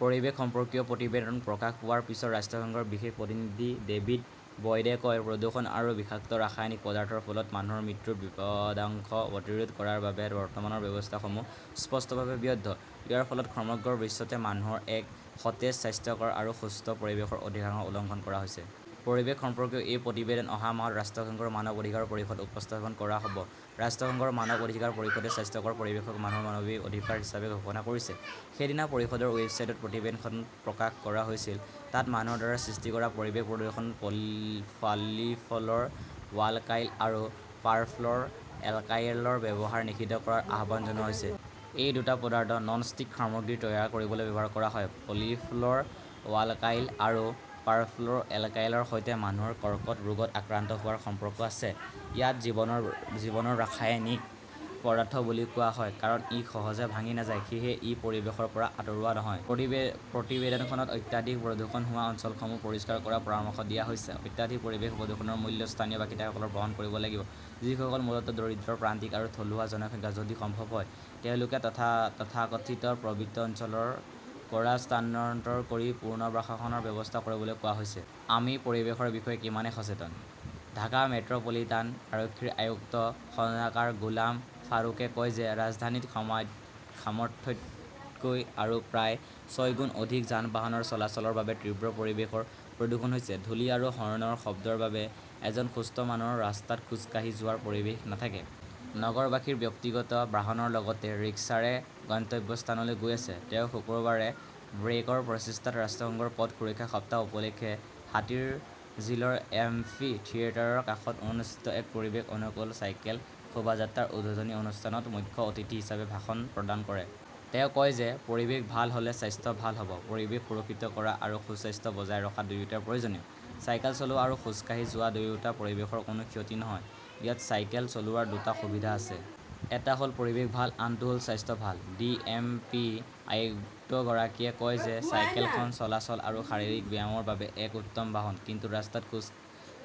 পৰিৱেশ সম্পৰ্কীয় প্ৰতিবেদন প্ৰকাশ পোৱাৰ পিছত ৰাষ্ট্ৰসংঘৰ বিশেষ প্ৰতিনিধি ডেভিদ বয়ডে কয়, প্ৰদূষণ আৰু বিষাক্ত ৰাসায়নিক পদাৰ্থৰ ফলত মানুহৰ মৃত্যুৰ বিপদাশংক প্ৰতিৰোধ কৰাৰ বাবে বৰ্তমানৰ ব্যৱস্থাসমূহ স্পষ্টভাৱে ব্যৰ্থ। ইয়াৰ ফলত সমগ্ৰ বিশ্বতে মানুহৰ এক সতেজ, স্বাস্থ্যকৰ আৰু সুস্থ পৰিৱেশৰ অধিকাৰ উলংঘন কৰা হৈছে। পৰিৱেশ সম্পৰ্কীয় এই প্ৰতিবেদন অহা মাহত ৰাষ্ট্ৰসংঘৰ মানৱ অধিকাৰ পৰিষদত উপস্থাপন কৰা হব। ৰাষ্ট্ৰসংঘৰ মানৱ অধিকাৰ পৰিষদে স্বাস্থ্যকৰ পৰিৱেশক মানুহৰ মানৱীয় অধিকাৰ হিচাপে ঘোষণা কৰিছে। সেইদিনা পৰিষদৰ ৱেবছাইটত প্ৰতিবেদনখন প্ৰকাশ কৰা হৈছিল। তাত মানুহৰ দ্বাৰা সৃষ্টি কৰা পৰিৱেশ প্ৰদূষক পলিফ্লৰ ৱাল্কাইল আৰু পাৰফ্লৰ এল্কাইলৰ ব্যৱহাৰ নিষিদ্ধ কৰাৰ আহ্বান জনোৱা হৈছে। এই দুটা পদাৰ্থ নন-ষ্টিক সামগ্ৰী তৈয়াৰ কৰিবলৈ ব্যৱহাৰ কৰা হয়। পলিফ্লৰ ৱাল্কাইল আৰু পাৰফ্লৰ এল্কাইলৰ সৈতে মানুহৰ কৰ্কট ৰোগত আক্ৰান্ত হোৱাৰ সম্পৰ্ক আছে। ইয়াক জীৱনৰ ৰাসায়নিক পদাৰ্থ বুলি কোৱা হয়। কাৰণ ই সহজে ভাঙি নাযায়, সেয়েহে ই পৰিৱেশৰ পৰা আঁতৰোৱা নহয়। প্ৰতিবেদনখনত অত্যাধিক প্ৰদূষণ হোৱা অঞ্চলসমূহ পৰিষ্কাৰ কৰাৰ পৰামৰ্শ দিয়া হৈছে। অত্যাধিক পৰিৱেশ প্ৰদূষণৰ মূল্য স্থানীয় বাসিন্দাসকলে বহন কৰিব লাগিব; যিসকল মূলতঃ দৰিদ্ৰ, প্ৰান্তিক আৰু থলুৱা জনসংখ্যা। যদি সম্ভৱ হয়, তেওঁলোকক তথাকথিত পবিত্ৰ অঞ্চল ৰ পৰা স্থানান্তৰ কৰি পুনৰ্বাসনৰ ব্যৱস্থা কৰিবলৈও কোৱা হৈছে। আমি পৰিৱেশৰ বিষয়ে কিমান সচেতন? ঢাকা মেট্ৰ পলিটান আৰক্ষীৰ আয়ুক্ত খণ্ডকাৰ গোলাম ফাৰুকে কয় যে ৰাজধানীত সামৰ্থ্যতকৈ আৰু প্ৰায় ছয়গুণ অধিক যান-বাহনৰ চলাচলৰ বাবে তীব্ৰ পৰিৱেশ প্ৰদূষণ হৈছে। ধূলি আৰু হৰ্ণৰ শব্দৰ বাবে এজন সুস্থ মানুহৰ ৰাস্তাত খোজ কাঢ়ি যোৱাৰ পৰিৱেশ নাথাকে। নগৰবাসী ব্যক্তিগত বাহনৰ লগতে ৰিক্সাৰে গন্তব্যস্থানলৈ গৈ আছে। তেওঁ শুকুৰবাৰে ব্ৰেকৰ প্ৰচেষ্টাত ৰাষ্ট্ৰসংঘৰ পথ সুৰক্ষা সপ্তাহ উপলক্ষে হাতীৰঝিলৰ এম্ফি থিয়েটাৰৰ কাষত অনুষ্ঠিত এক পৰিৱেশ-অনুকূল চাইকেল শোভাযাত্ৰৰ উদ্বোধনী অনুষ্ঠানত মুখ্য অতিথি হিচাপে ভাষণ প্ৰদান কৰে। তেওঁ কয় যে, পৰিৱেশ ভাল হ'লে স্বাস্থ্য ভাল হব। পৰিৱেশ সুৰক্ষিত কৰা আৰু সুস্বাস্থ্য বজাই ৰখা দুয়োটাই প্ৰয়োজনীয়। চাইকেল চলোৱা আৰু খোজ কাঢ়ি যোৱা দুয়োটা পৰিৱেশৰ কোনো ক্ষতি নহয়। ইয়াত চাইকেল চলোৱাৰ দুটা সুবিধা আছে। এটা হ'ল পৰিৱেশ ভাল, আনটো হ'ল স্বাস্থ্য ভাল। ডিএমপি আয়ুক্তগৰাকীয়ে কয় যে চাইকেলখন চলাচল আৰু শাৰীৰিক ব্যায়ামৰ বাবে এক উত্তম বাহন। কিন্তু ৰাস্তাত খোজ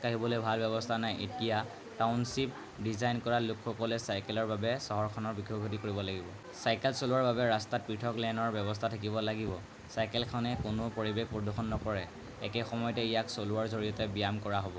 কাঢ়িবলৈ ভাল ব্যৱস্থা নাই। এতিয়া টাউনশ্বিপ ডিজাইন কৰা লোকসকলে চাইকেলৰ বাবে চহৰখন বিকশিত কৰিব লাগিব। চাইকেল চলোৱাৰ বাবে ৰাস্তাত পৃথক লেনৰ ব্যৱস্থা থাকিব লাগিব। চাইকেলখনে কোনো পৰিৱেশ প্ৰদূষণ নকৰে। একে সময়তে ইয়াক চলোৱাৰ জৰিয়তে ব্যায়াম কৰা হয়।